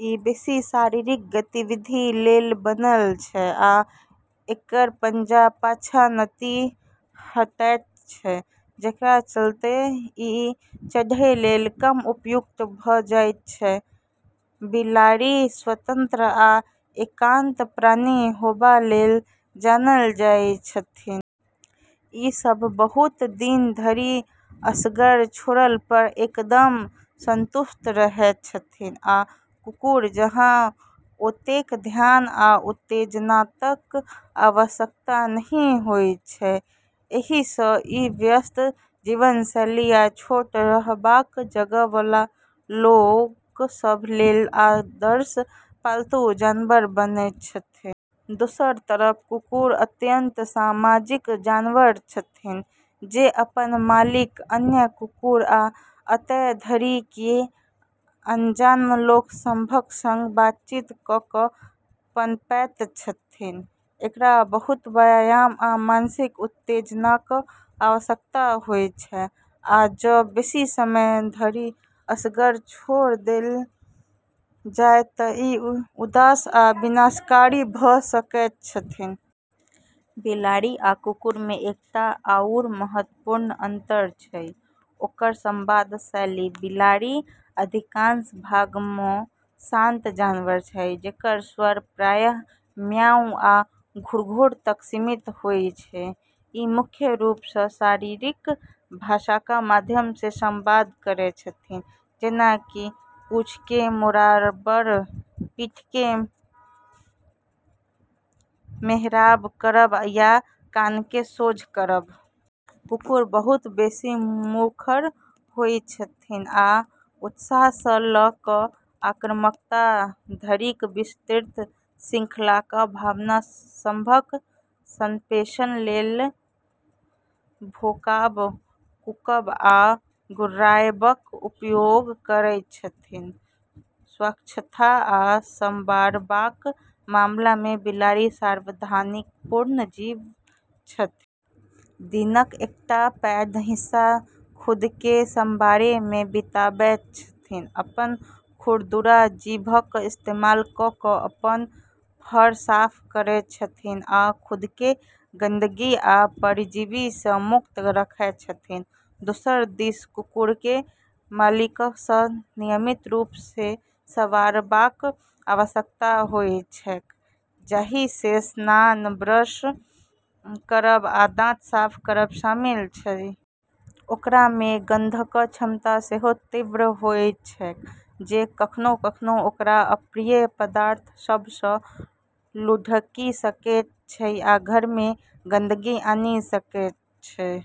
ई बेसी शारीरिक गतिविधि लेल बनल अछि, आ एकर पंजा पाछाँ नहि हटैत अछि, जेकरा चलैत ई चढ़ै लेल कम उपयुक्त भऽ जाइत अछि। बिलाड़ि स्वतंत्र आ एकांत प्राणी होबा लेल जानल जाइत छथि। ई सभ बहुत दिन धरि असगर छोड़ला पर एकदम संतुष्ट रहैत छथि आ कुकुर जकाँ ओतेक ध्यान आ उत्तेजनाक आवश्यकता नहि होइत छैन। एहि सँ ई व्यस्त जीवनशैली या छोट रहबाक जगह बला लोक सभ लेल आदर्श पालतू जानवर बनैत अछि। दोसर तरफ कुकुर अत्यंत सामाजिक जानवर अछि जे अपन मालिक, अन्य कुकुर, आ एतय धरि कि अनजान लोक सभक संग बातचीत कऽ कऽ पनपैत अछि। एकरा बहुत व्यायाम आ मानसिक उत्तेजनाक आवश्यकता होइत छैक, आ जँ बेसी समय धरि असगर छोड़ल जाए तँ ई उदास या विनाशकारी भऽ सकैत अछि। बिलाड़ि आ कुकुर मे एकटा आओर महत्वपूर्ण अंतर अछि ओकर संवाद शैली। बिलाड़ि, अधिकांश भाग मे, शांत जानवर अछि, जेकर स्वर प्रायः म्याऊ या घुरघुर तक सीमित होइत अछि। ई मुख्य रूप सँ शरीरक भाषाक माध्यम सँ संवाद करैत अछि, जेना कि पूँछकेँ मरोड़ब, पीठकेँ मेहराब करब या कानकेँ सोझ करब। कुकुर बहुत बेसी मुखर होइत अछि आ उत्साह सँ लऽ कऽ आक्रामकता धरिक विस्तृत श्रृंखलाक भावना सभक संप्रेषण लेल भौंकब, कूँकब आ गुर्राएबक उपयोग करैत अछि। स्वच्छता आ संवारबाक मामला मे बिलाड़ि सावधानीपूर्वक जीव अछि। दिनक एकटा पैघ हिस्सा खुदकेँ संवारै मे बिताबैत अछि, अपन खुरदुरा जीभक इस्तेमाल कऽ कऽ अपन फर साफ करैत अछि आ खुदकेँ गंदगी आ परजीवी सँ मुक्त रखैत अछि। दोसर दिस कुकुरकेँ मालिकक सँ नियमित रूप सँ संवारबाक आवश्यकता होइत छैक, जाही मे स्नान, ब्रश करब, आ दाँत साफ करब शामिल अछि। ओकरा मे गंधक क्षमता सेहो तीव्र होइत छैक, जे कखनो-कखनो ओकरा अप्रिय पदार्थ सभ मे लुढ़कि सकैत अछि या घर मे गंदगी आनि सकैत अछि।